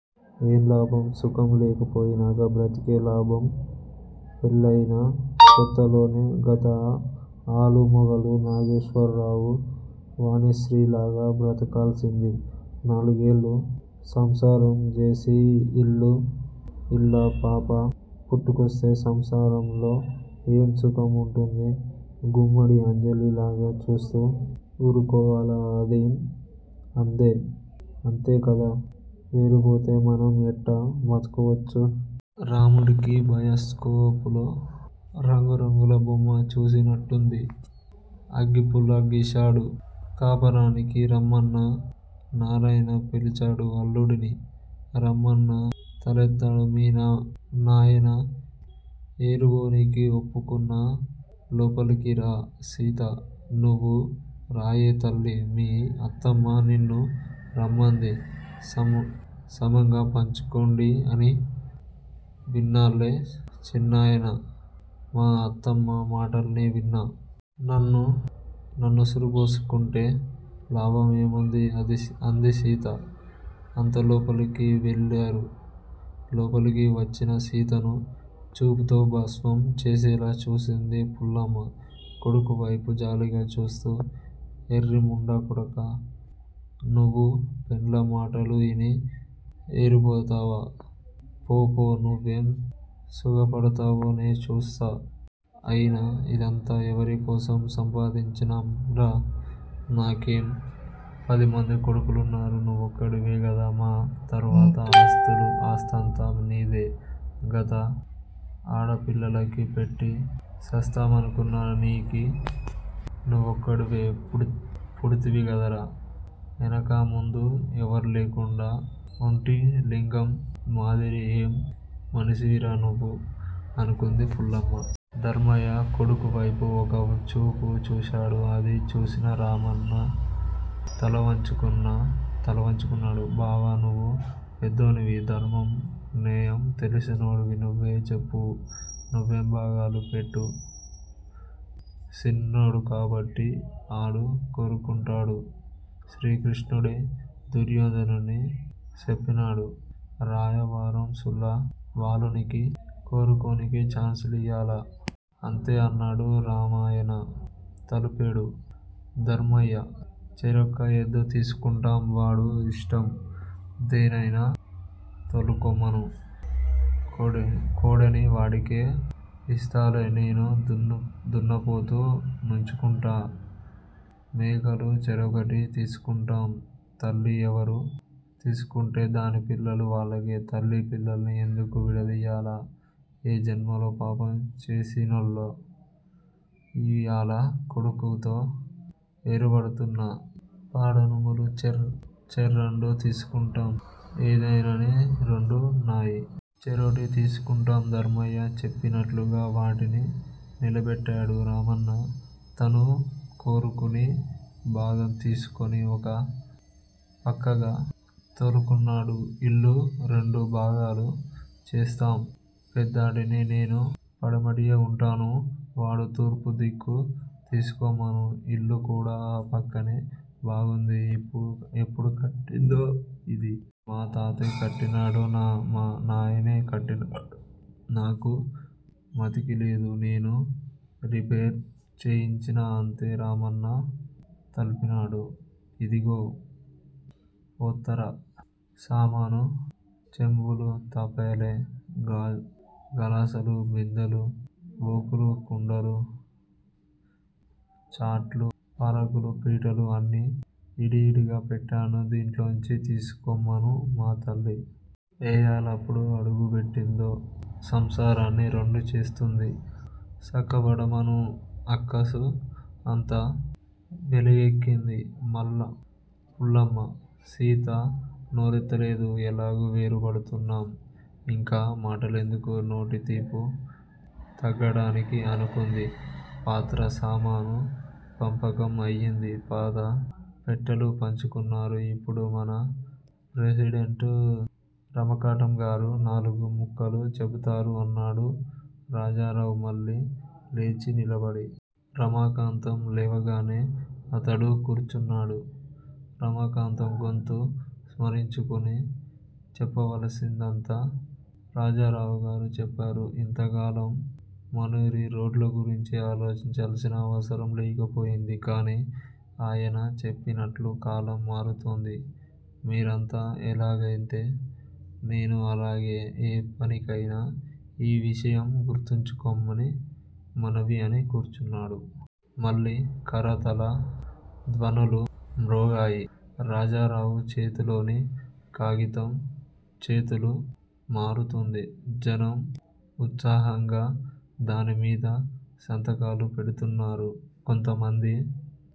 ఏం లాభం? సుఖం లేకపోయినాక బతికేం లాభం. పెళ్ళయిన కొత్తలోనే గదా ఆలు మొగులు నాగేశర్రావు వాణిశ్రీ లాగ బతకాల్సింది. నాలుగేళ్ళు సంసారం జేసి పిల్లా పాపా పుట్టుకొస్తే సంసారంలో ఏం సుఖం వుంటుంది. గుమ్మడి అంజలి లాగా చూస్తూ వురుకోవాల, అంతే కదా! వేరుబోతే మనం ఎట్టా బతకొచ్చు? రాముడికి 'బయస్కోపులో' రంగురంగుల బొమ్మ చూసినట్టయింది. అగ్గిపుల్ల గీశాడు కాపరానికి, రామన్నా! నారాయణ పిలిచాడు అల్లుడిని. రామన్న తలెత్తాడు. మీ నాయన ఏరుబోనికి ఒప్పుకున్నా లోపలికి రా? సీతా! నువు రాయే తల్లి మీ అత్తమ్మ నిన్నూ రమ్మంది సమంగా పంచుకొండిఅని విన్నాలే చిన్నాయనా! మా అత్తమ్మ మాటలన్నీ విన్నా! నన్నుసురుబోసుకుంటే లాభం ఏముంది! అంది సీత. అంత లోపలికి వెళ్ళారు. లోపలికి వచ్చిన సీతను చూపుతో భస్మం చేసేలా చూసింది పుల్లమ్మ. కొడుకు వైపు జాలిగా చూస్తూ. ఎర్రి ముండా కొడకా నువు పెండ్లాం మాటలు యిని ఏరుబోతావా! పో! పో! నువేం సుగపడతావో నే చూస్తా! అయినా యిదంతా ఎవరి కోసం సంపాయించినాంరా! మాకేం పదిమంది కొడుకులున్నారు! నువోక్కడివే గదా! మా తర్వాత ఆస్తంతా నీదే గదా? అడ పిల్లలకి పెట్టి సస్తామనుకున నికి నువోక్కడివే పుడ్తివి గదరా ఎనకా ముందా ఎవర్లేకుండా ఒంటిలింగం మాదిరి! ఏం మనిసివిరా నువు? అనుకుంది పుల్లమ్మ. ధర్మయ్య కొడుకు వైపు ఒక చూపు చూశాడు. అది చూసిన రామన్న తలవంచుకున్నాడు. బావా! నువు పెద్దోనివి! ధర్మం నేయం తెలిసినోడివి నువే చెప్పు నువే భాగాలు పెట్టు. సిన్నోడు గాబట్టి ఆడు కోరుకుంటాడు. శ్రీకృష్ణుడే దుర్యోధనుడికి సెప్పినాడు. రాయభారం సుళ్ళ బాలునికి కోరుకోనికి చాన్సియ్యాల! అంతే! అన్నాడు రామయణ తలుపేడు ధర్మయ్య. చెరొక ఎద్దు తీసుకుంటాం వాడు యిష్టం దేన్నయినా తోలుకోమను. కొడేని వాడికే యిస్తాలే నేను దున్నపోతు నుంచుకుంటా మేకలు చెరోకటి తీసుకుంటాం. తల్లి ఎవరు తీసుకుంటే దాని పిల్ల వాల్లకే! తల్లి పిల్లల్ని ఎందుకు విడదియ్యల, ఏ జన్మలో పాపం చేసిన్నో యియాల కొడుకుతో ఎరుపడతన్నా పాడనుములు చెర్రెండు తీసుకుంటాం ఎదైనని రెండు న్నాయి. చెరోటి తీసుకుంటాం. ధర్మయ్య చెప్పినట్లుగా వాటిని నిలబెట్టాడు. రామన్న తను కోరుకుని భాగం తీసుకుని ఒక పక్కగా తోలుకున్నాడు. ఇల్లు రెండు భాగాలు చేస్తాం! పెద్దాడిని నేను పడమటియే వుంటాను. వాడు తూర్పు దిక్కు తిసుకోమను. ఇల్లు కూడా ఆ పక్కనే బాగుంది. ఎప్పుడు కట్టిందో యిది! మా తాతే కట్టినాడో నాయనే కట్టినాడో నాకు మతికి లేదు. నేను రిపేర్లు చేయించినా అంతే. రామన్న తలుపినాడు. ఇదిగో పొత్తర సామాను చెంబులు తల్లెలు, గలాసులు, బిందెలు, బోకులు కుండలు, చాట్లు, పారకులు, పీటలు అన్నీ యిడియిడిగా పెట్టినా దింట్లోంచి తిసుకోమను మా తల్లి! ఏయాలప్పుడు అడుగు బెట్టిందో సంసారాన్ని రెండు చేస్తుంది! సక్కపడమను అక్కసు అంతా వెలగక్కింది పుల్లమ్మ. సీత నోరెత్తలేదు. ఎలాగూ వేరు పడుతున్నాం. ఇంకా మాటలెందుకు? నోటి తీపు తగ్గడానికి అనుకుంది. పాత్ర సామాను పంపకం అయింది. పాత పెట్టెలు పంచుకున్నారు. ఇప్పుడు మన ప్రెసిడెంటు రమాకాంటంగారు నాలుగు ముక్కలు చెబుతారు అన్నాడు రాజారావు మళ్ళీ లేచి నిలబడి. రమాకాంతం లేవగానే అతడు కూర్చున్నాడు. రమాకాంతం గొంతు స్మరించుకొని చెప్పవలసిందంతా రాజారావుగారు చెప్పారు. ఇంతకాలం మనూరి రోడ్లగురించి ఆలోచించాల్సిన అవసరం లేకపోయింది. కానీ అయన చెప్పినట్లు కాలం మారుతోంది. మీరంతా ఎలాగైతే నేనూ అలాగే! ఏ పనికయినా ఈ విషయం గుర్తుంచుకోమని మనవి అని కూర్చున్నాడు. మళ్ళీ కరతాళ ధ్వనులు మ్రోగాయి. రాజారావు చేతిలోని కాగితం చేతులు మారుతుంది. జనం ఉత్సాహంగా దానిమీద సంతకాలు పెడుతున్నారు. కొంతమంది